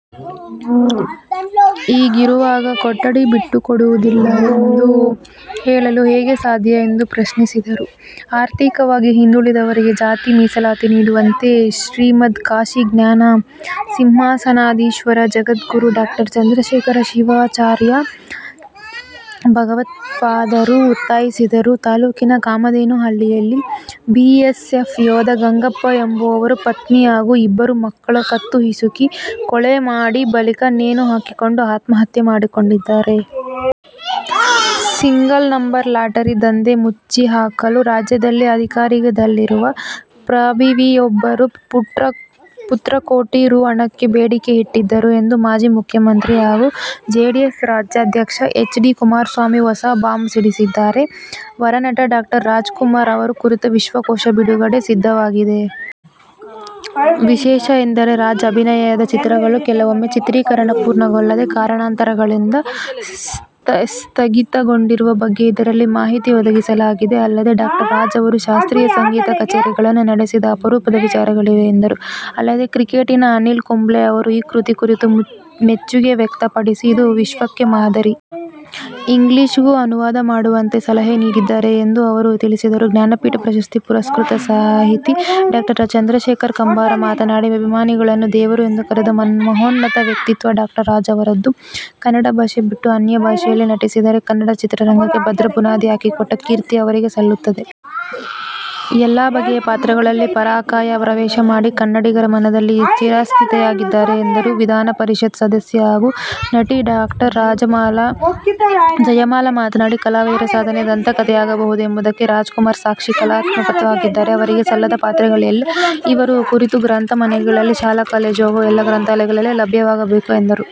ಹೀಗಿರುವಾಗ ಕೊಠಡಿ ಬಿಟ್ಟುಕೊಡುವುದಿಲ್ಲ ಎಂದು ಹೇಳಲು ಹೇಗೆ ಸಾಧ್ಯಎಂದು ಪ್ರಶ್ನಿಸಿದರು. ಆರ್ಥಿಕವಾಗಿ ಹಿಂದುಳಿದವರಿಗೆ ಜಾತಿ ಮೀಸಲಾತಿ ನೀಡುವಂತೆ ಶ್ರೀಮದ್ ಕಾಶಿ ಜ್ಞಾನ ಸಿಂಹಾಸನಾಧೀಶ್ವರ ಜಗದ್ಗುರು ಡಾ ಚಂದ್ರಶೇಖರ ಶಿವಾಚಾರ್ಯ ಭಗವತ್ಪಾದರು ಒತ್ತಾಯಿಸಿದರು. ತಾಲೂಕಿನ ಕಾಮಧೇನ ಹಳ್ಳಿಯಲ್ಲಿ ಬಿಎಸ್ಎಫ್ ಯೋಧ ಗಂಗಪ್ಪ ಎಂಬುವರು ಪತ್ನಿ ಹಾಗೂ ಇಬ್ಬರು ಮಕ್ಕಳ ಕತ್ತು ಹಿಸುಕಿ ಕೊಲೆ ಮಾಡಿ, ಬಳಿಕ ನೇಣು ಹಾಕಿಕೊಂಡು ಆತ್ಮಹತ್ಯೆ ಮಾಡಿಕೊಂಡಿದ್ದಾರೆ. ಸಿಂಗಲ್ ನಂಬರ್ ಲಾಟರಿ ದಂಧೆ ಮುಚ್ಚಿಹಾಕಲು ರಾಜ್ಯದಲ್ಲಿ ಅಧಿಕಾರದಲ್ಲಿರುವ ಪ್ರಭಾವಿಯೊಬ್ಬರ ಪುತ್ರ ಕೋಟಿ ರೂ. ಹಣಕ್ಕೆ ಬೇಡಿಕೆ ಇಟ್ಟಿದ್ದರು ಎಂದು ಮಾಜಿ ಮುಖ್ಯಮಂತ್ರಿ ಹಾಗೂ ಜೆಡಿಎಸ್ ರಾಜ್ಯಾಧ್ಯಕ್ಷ ಎಚ್. ಡಿ. ಕುಮಾರಸ್ವಾಮಿ ಹೊಸ ಬಾಂಬ್ ಸಿಡಿಸಿದ್ದಾರೆ. ವರನಟ ಡಾ. ರಾಜ್ಕುಮಾರ್ ಅವರ ಕುರಿತ ವಿಶ್ವಕೋಶ ಬಿಡುಗಡೆಗೆ ಸಿದ್ಧವಾಗಿದೆ. ವಿಶೇಷ ಎಂದರೆ ರಾಜ್ ಅಭಿನಯನದ ಚಿತ್ರಗಳೂ ಕೆಲವೊಮ್ಮೆ ಚಿತ್ರೀಕರಣ ಪೂರ್ಣಗೊಳ್ಳದೆ ಕಾರಣಾಂತರಗಳಿಂದ ಸ್ಥಗಿತಗೊಂಡಿರುವ ಬಗ್ಗೆ ಇದರಲ್ಲಿ ಮಾಹಿತಿ ಒದಗಿಸಲಾಗಿದೆ. ಅಲ್ಲದೆ, ಡಾ. ರಾಜ್ ಅವರು ಶಾಸ್ತ್ರೀಯ ಸಂಗೀತ ಕಛೇರಿಗಳನ್ನು ನಡೆಸಿದ ಅಪರೂಪದ ವಿಚಾರಗಳು ಇವೆ ಎಂದರು. ಅಲ್ಲದೆ, ಕ್ರಿಕೆಟಿಗ ಅನಿಲ್ ಕುಂಬ್ಳೆ ಅವರು ಈ ಕೃತಿ ಕುರಿತು ಮೆಚ್ಚುಗೆ ವ್ಯಕ್ತಪಡಿಸಿ, ಇದು ವಿಶ್ವಕ್ಕೆ ಮಾದರಿ. ಇಂಗ್ಲಿಷ್ಗೂ ಅನುವಾದ ಮಾಡುವಂತೆ ಸಲಹೆ ನೀಡಿದ್ದಾರೆ ಎಂದೂ ಅವರು ತಿಳಿಸಿದರು. ಜ್ಞಾನಪೀಠ ಪ್ರಶಸ್ತಿ ಪುರಸ್ಕೃತ ಸಾಹಿತಿ ಡಾ. ಚಂದ್ರಶೇಖರ ಕಂಬಾರ ಮಾತನಾಡಿ, ಅಭಿಮಾನಿಗಳನ್ನು ದೇವರು ಎಂದು ಕರೆದ ಮಹೋನ್ನತ ವ್ಯಕ್ತಿತ್ವ ಡಾ. ರಾಜ್ ಅವರದ್ದು. ಕನ್ನಡ ಭಾಷೆ ಬಿಟ್ಟು, ಅನ್ಯ ಭಾಷೆಯಲ್ಲಿ ನಟಿಸದೆ ಕನ್ನಡ ಚಿತ್ರರಂಗಕ್ಕೆ ಭದ್ರ ಬುನಾದಿ ಹಾಕಿಕೊಟ್ಟ ಕೀರ್ತಿ ಅವರಿಗೆ ಸಲ್ಲುತ್ತದೆ. ಎಲ್ಲಾ ಬಗೆಯ ಪಾತ್ರಗಳಲ್ಲಿ ಪರಾಕಾಯ ಪ್ರವೇಶ ಮಾಡಿ ಕನ್ನಡಿಗರ ಮನದಲ್ಲಿ ಚಿರಸ್ಥಾಯಿಯಾಗಿದ್ದಾರೆ ಎಂದರು. ವಿಧಾನಪರಿಷತ್ ಸದಸ್ಯೆ ಹಾಗೂ ನಟಿ ಡಾ. ಜಯಮಾಲಾ ಮಾತನಾಡಿ, ಕಲಾವಿದರ ಸಾಧನೆ ದಂತಕಥೆಯಾಗಬಹುದು ಎಂಬುದಕ್ಕೆ ರಾಜ್ಕುಮಾರ್ ಸಾಕ್ಷಿ. ಕಲಾತಪಸ್ವಿ ಆಗಿದ್ದ ಅವರಿಗೆ ಸಲ್ಲದ ಪಾತ್ರಗಳೇ ಇಲ್ಲ. ಇವರ ಕುರಿತ ಗ್ರಂಥ ಮನೆಗಳಲ್ಲಿ, ಶಾಲಾ-ಕಾಲೇಜು ಹಾಗೂ ಎಲ್ಲಾ ಗ್ರಂಥಾಲಯಗಳಲ್ಲಿ ಲಭ್ಯವಾಗಬೇಕು ಎಂದರು.